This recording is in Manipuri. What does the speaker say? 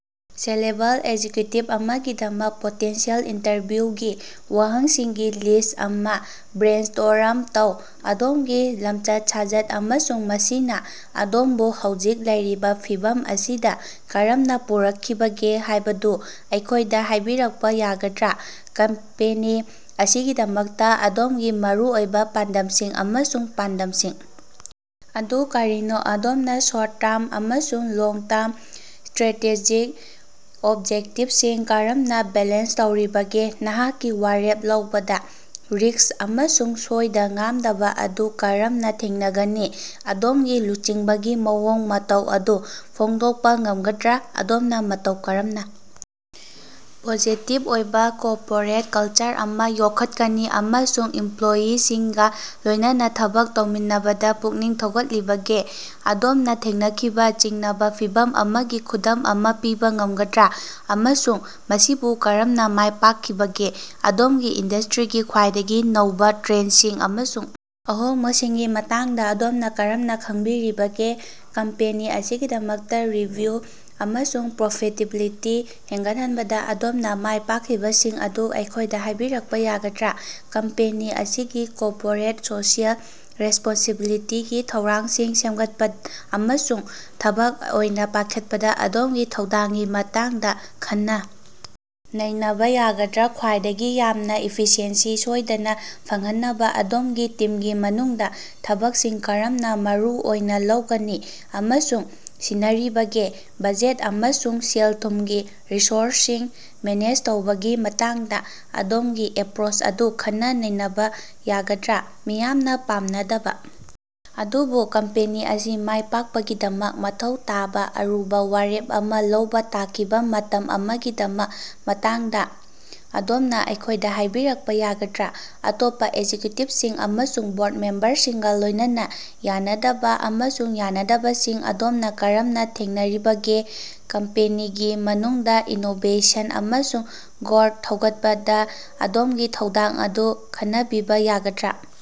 ꯁꯤꯂꯦꯚꯦꯜ ꯑꯦꯛꯖꯤꯛꯌꯨꯇꯤꯚ ꯑꯃꯒꯤꯗꯃꯛ ꯄꯣꯇꯦꯟꯁꯤꯑꯦꯜ ꯏꯟꯇꯔꯚꯤꯌꯨꯒꯤ ꯋꯥꯍꯪꯁꯤꯡꯒꯤ ꯂꯤꯁ ꯑꯃ ꯕꯔꯦꯟꯁꯇꯣꯔꯝ ꯇꯧ꯫ ꯑꯗꯣꯝꯒꯤ ꯂꯝꯆꯠ ꯁꯥꯖꯠ ꯑꯃꯁꯨꯡ ꯃꯁꯤꯅ ꯑꯗꯣꯝꯕꯨ ꯍꯧꯖꯤꯛ ꯂꯩꯔꯤꯕ ꯐꯤꯚꯝ ꯑꯁꯤꯗ ꯀꯔꯝꯅ ꯄꯨꯔꯛꯈꯤꯕꯒꯦ ꯍꯥꯏꯕꯗꯨ ꯑꯩꯈꯣꯏꯗ ꯍꯥꯏꯕꯤꯔꯛꯄ ꯌꯥꯒꯗ꯭ꯔꯥ꯫ ꯀꯝꯄꯦꯅꯤ ꯑꯁꯤꯒꯤꯗꯃꯛꯇ ꯑꯗꯣꯝꯒꯤ ꯃꯔꯨꯑꯣꯏꯕ ꯄꯥꯟꯗꯝꯁꯤꯡ ꯑꯃꯁꯨꯡ ꯄꯥꯟꯗꯝꯁꯤꯡ ꯑꯗꯨ ꯀꯔꯤꯅꯣ ꯑꯗꯣꯝꯅ ꯁꯣꯔꯠ ꯇꯔꯝ ꯑꯃꯁꯨꯡ ꯂꯣꯡ ꯇꯔꯝ ꯁꯇꯔꯦꯇꯦꯖꯤꯛ ꯑꯣꯕꯖꯦꯛꯇꯤꯕꯁꯤꯡ ꯀꯔꯝꯅ ꯕꯦꯂꯦꯟꯁ ꯇꯧꯔꯤꯕꯒꯦ꯫ ꯅꯍꯥꯛꯀꯤ ꯋꯥꯔꯦꯞ ꯂꯧꯕꯗ ꯔꯤꯁꯛ ꯑꯃꯁꯨꯡ ꯁꯣꯏꯗ ꯉꯥꯝꯗꯕ ꯑꯗꯨ ꯀꯔꯝꯅ ꯊꯦꯡꯅꯒꯅꯤ ꯑꯗꯣꯝꯒꯤ ꯂꯨꯆꯤꯡꯕꯒꯤ ꯃꯑꯣꯡ ꯃꯇꯧ ꯑꯗꯨ ꯐꯣꯡꯗꯣꯛꯄ ꯉꯝꯒꯗ꯭ꯔꯥ ꯑꯗꯣꯝꯅ ꯃꯇꯧ ꯀꯔꯝꯅ ꯄꯣꯖꯤꯇꯤꯞ ꯑꯣꯏꯕ ꯀꯣꯔꯄꯣꯔꯦꯠ ꯀꯜꯆꯔ ꯑꯃ ꯌꯣꯛꯈꯠꯀꯅꯤ ꯑꯃꯁꯨꯡ ꯏꯝꯄꯂꯣꯌꯤꯁꯤꯡꯒ ꯂꯣꯏꯅꯅ ꯊꯕꯛ ꯇꯧꯃꯤꯟꯅꯕꯗ ꯄꯨꯛꯅꯤꯡ ꯊꯧꯒꯠꯂꯤꯕꯒꯦ꯫ ꯑꯗꯣꯝꯅ ꯊꯦꯡꯅꯈꯤꯕ ꯆꯤꯡꯅꯕ ꯐꯤꯚꯝ ꯑꯃꯒꯤ ꯈꯨꯗꯝ ꯑꯃ ꯄꯤꯕ ꯉꯝꯒꯗ꯭ꯔꯥ ꯑꯃꯁꯨꯡ ꯃꯁꯤꯕꯨ ꯀꯔꯝꯅ ꯃꯥꯏ ꯄꯥꯛꯈꯤꯕꯒꯦ꯫ ꯑꯗꯣꯝꯒꯤ ꯏꯟꯗꯁꯇꯔꯤꯒꯤ ꯈ꯭ꯋꯥꯏꯗꯒꯤ ꯅꯧꯕ ꯇꯔꯦꯟꯁꯤꯡ ꯑꯃꯁꯨꯡ ꯑꯍꯣꯡꯕꯁꯤꯡꯒꯤ ꯃꯇꯥꯡꯗ ꯑꯗꯣꯝꯅ ꯀꯔꯝꯅ ꯈꯪꯕꯤꯔꯤꯕꯒꯦ꯫ ꯀꯝꯄꯦꯅꯤ ꯑꯁꯤꯒꯤꯗꯃꯛꯇꯥ ꯔꯦꯚꯤꯟꯌꯨ ꯑꯃꯁꯨꯡ ꯄꯔꯣꯐꯤꯇꯦꯕꯤꯂꯤꯇꯤ ꯍꯦꯟꯒꯠꯍꯟꯕꯗ ꯑꯗꯣꯝꯅ ꯃꯥꯏ ꯄꯥꯛꯈꯤꯕꯁꯤꯡ ꯑꯗꯨ ꯑꯩꯈꯣꯏꯗ ꯍꯥꯏꯕꯤꯔꯛꯄ ꯌꯥꯒꯗ꯭ꯔꯥ꯫ ꯀꯝꯄꯦꯅꯤ ꯑꯁꯤꯒꯤ ꯀꯣꯔꯄꯣꯔꯦꯠ ꯁꯣꯁꯤꯑꯦꯜ ꯔꯦꯁꯄꯣꯟꯁꯤꯕꯤꯂꯤꯇꯤꯒꯤ ꯊꯧꯔꯥꯡꯁꯤꯡ ꯁꯦꯝꯒꯠꯄ ꯑꯃꯁꯨꯡ ꯊꯕꯛ ꯑꯣꯏꯅ ꯄꯥꯏꯈꯠꯄꯗ ꯑꯗꯣꯝꯒꯤ ꯊꯧꯗꯥꯡꯒꯤ ꯃꯇꯥꯡꯗ ꯈꯟꯅ ꯅꯩꯅꯕ ꯌꯥꯒꯗ꯭ꯔꯥ꯫ ꯈ꯭ꯋꯥꯏꯗꯒꯤ ꯌꯥꯝꯅ ꯏꯐꯤꯁꯤꯑꯦꯟꯁꯤ ꯁꯣꯏꯗꯅ ꯐꯪꯍꯟꯅꯕ ꯑꯗꯣꯝꯒꯤ ꯇꯤꯝꯒꯤ ꯃꯅꯨꯡꯗ ꯊꯕꯛꯁꯤꯡ ꯀꯔꯝꯅ ꯃꯔꯨ ꯑꯣꯏꯅ ꯂꯧꯒꯅꯤ ꯑꯃꯁꯨꯡ ꯁꯤꯟꯅꯔꯤꯕꯒꯦ ꯕꯖꯦꯠ ꯑꯃꯁꯨꯡ ꯁꯦꯜ ꯊꯨꯝꯒꯤ ꯔꯤꯁꯣꯔꯁꯁꯤꯡ ꯃꯦꯅꯦꯖ ꯇꯧꯕꯒꯤ ꯃꯇꯥꯡꯗ ꯑꯗꯣꯝꯒꯤ ꯑꯦꯞꯔꯣꯁ ꯑꯗꯨ ꯈꯟꯅ ꯅꯩꯅꯕ ꯌꯥꯒꯗ꯭ꯔꯥ꯫ ꯃꯤꯌꯥꯝꯅ ꯄꯥꯝꯅꯗꯕ ꯑꯗꯨꯕꯨ ꯀꯝꯄꯦꯅꯤ ꯑꯁꯤ ꯃꯥꯏ ꯄꯥꯛꯄꯒꯤꯗꯃꯛ ꯃꯊꯧ ꯇꯥꯕ ꯑꯔꯨꯕ ꯋꯥꯔꯦꯞ ꯑꯃ ꯂꯧꯕ ꯇꯥꯈꯤꯕ ꯃꯇꯝ ꯑꯃꯒꯤ ꯃꯇꯥꯡꯗ ꯑꯗꯣꯝꯅ ꯑꯩꯈꯣꯏꯗ ꯍꯥꯏꯕꯤꯔꯛꯄ ꯌꯥꯒꯗ꯭ꯔꯥ꯫ ꯑꯇꯣꯞꯄꯥ ꯑꯦꯛꯖꯤꯛꯌꯨꯇꯤꯞꯁꯤꯡ ꯑꯃꯁꯨꯡ ꯕꯣꯔꯠ ꯃꯦꯝꯕꯔꯁꯤꯡꯒ ꯂꯣꯏꯅꯅ ꯌꯥꯅꯗꯕ ꯑꯃꯁꯨꯡ ꯌꯥꯅꯗꯕꯁꯤꯡ ꯑꯗꯣꯝꯅ ꯀꯔꯝꯅ ꯊꯦꯡꯅꯔꯤꯕꯒꯦ꯫ ꯀꯝꯄꯦꯅꯤꯒꯤ ꯃꯅꯨꯡꯗꯥ ꯏꯅꯣꯕꯦꯁꯟ ꯑꯃꯁꯨꯡ ꯒꯔꯣꯠ ꯊꯧꯒꯠꯄꯗ ꯑꯗꯣꯝꯒꯤ ꯊꯧꯗꯥꯡ ꯑꯗꯨ ꯈꯟꯅꯕꯤꯕ ꯌꯥꯒꯗ꯭ꯔꯥ꯫